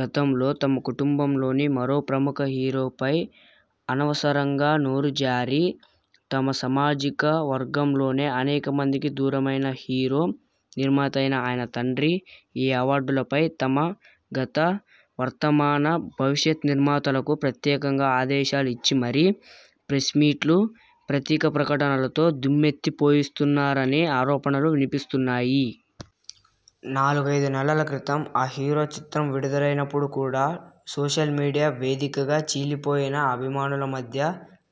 గతంలో తమ కుటుంబంలోని మరో ప్రముఖ హీరోపై అనవసరంగా నోరు జారి, తమ సామాజిక వర్గంలోనే అనేక మందికి దూరమైన హీరో, నిర్మాతైన ఆయన తండ్రి ఈ అవార్డులపై తమ గత, వర్తమాన, భవిష్యత్ నిర్మాతలకు ప్రత్యేకంగా ఆదేశాలిచ్చి మరీ, ప్రెస్ మీట్లు, పత్రికా ప్రకటనలతో దుమ్మెత్తిపోయిస్తున్నారని ఆరోపణలు వినిపిస్తున్నాయి. నాలుగైదు నెలల క్రితం ఆ హీరో చిత్రం విడుదలైనప్పుడు కూడా సోషల్ మీడియా వేదికగా చీలిపోయిన అభిమానుల మధ్య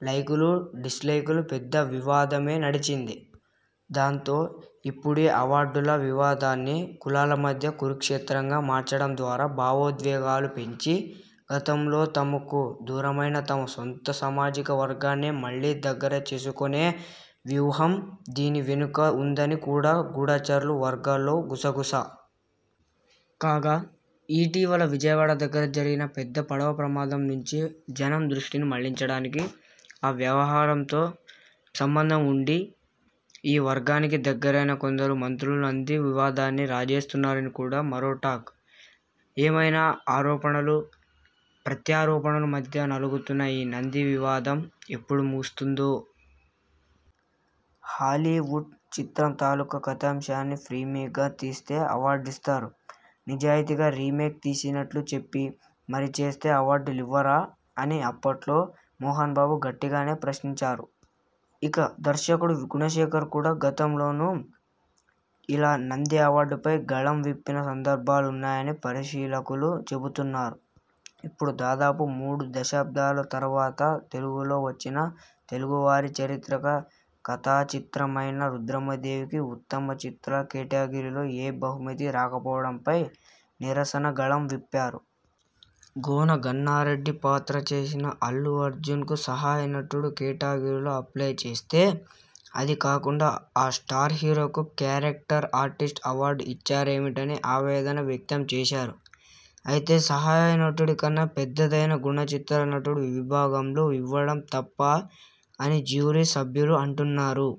లైకులు, డిస్లైకులతో పెద్ద వివాదమే నడిచింది. దాంతో, ఇప్పుడీ అవార్డుల వివాదాన్ని కులాల మధ్య కురుక్షేత్రంగా మార్చడం ద్వారా భావోద్వేగాలు పెంచి, గతంలో తమకు దూరమైన తమ సొంత సామాజిక వర్గాన్నే మళ్ళీ దగ్గర చేసుకొనే వ్యూహం దీని వెనుక ఉందని కూడా గూఢచారి వర్గాల్లో గుసగుస. కాగా, ఇటీవల విజయవాడ దగ్గర జరిగిన పెద్ద పడవ ప్రమాదం నుంచి జనం దృష్టిని మళ్ళించడానికి, ఆ వ్యవహారంతో సంబంధం ఉండి, ఈ వర్గానికి దగ్గరైన కొందరు మంత్రులు నంది వివాదాన్ని రాజేస్తున్నారని కూడా మరో టాక్. ఏమైనా, ఆరోపణలు, ప్రత్యారోపణల మధ్య నలుగుతున్న ఈ నంది వివాదం ఎప్పుడు ముగుస్తుందో? హాలీవుడ్ చిత్రం తాలూకు కథాంశాన్ని ఫ్రీమేక్గా తీస్తే అవార్డిస్తారు, నిజాయతీగా రీమేక్ తీస్తున్నట్లు చెప్పి మరీ చేస్తే అవార్డులివ్వరా అని అప్పట్లో మోహన్బాబు గట్టిగానే ప్రశ్నంచారు. ఇక, దర్శకుడు గుణశేఖర్ కూడా గతంలోనూ ఇలా నంది అవార్డులపై గళం విప్పిన సందర్భాలున్నాయని పరిశీలకులు చెబుతున్నారు. ఇప్పుడు దాదాపు మూడు దశాబ్దాల తరువాత తెలుగులో వచ్చిన తెలుగు వారి చారిత్రక కథాచిత్రమైన 'రుద్రమదేవి'కి ఉత్తమ చిత్రాల కేటగిరిలో ఏ బహుమతీ రాకపోవడంపై నిరసన గళం విప్పారు. 'గోన గన్నారెడ్డి' పాత్ర చేసిన అల్లు అర్జున్కు సహాయ నటుడు కేటగిరీలో అప్లై చేస్తే, అది కాకుండా ఆ స్టార్ హీరోకు క్యారెక్టర్ ఆర్టిస్ట్ అవార్డు ఇచ్చారేమిటని ఆవేదన వ్యక్తం చేశారు. అయితే, సహాయ నటుడి కన్నా పెద్దదైన గుణచిత్ర నటుడు విభాగంలో ఇవ్వడం త ప్పా అని జ్యూరీ సభ్యులు అంటున్నారు.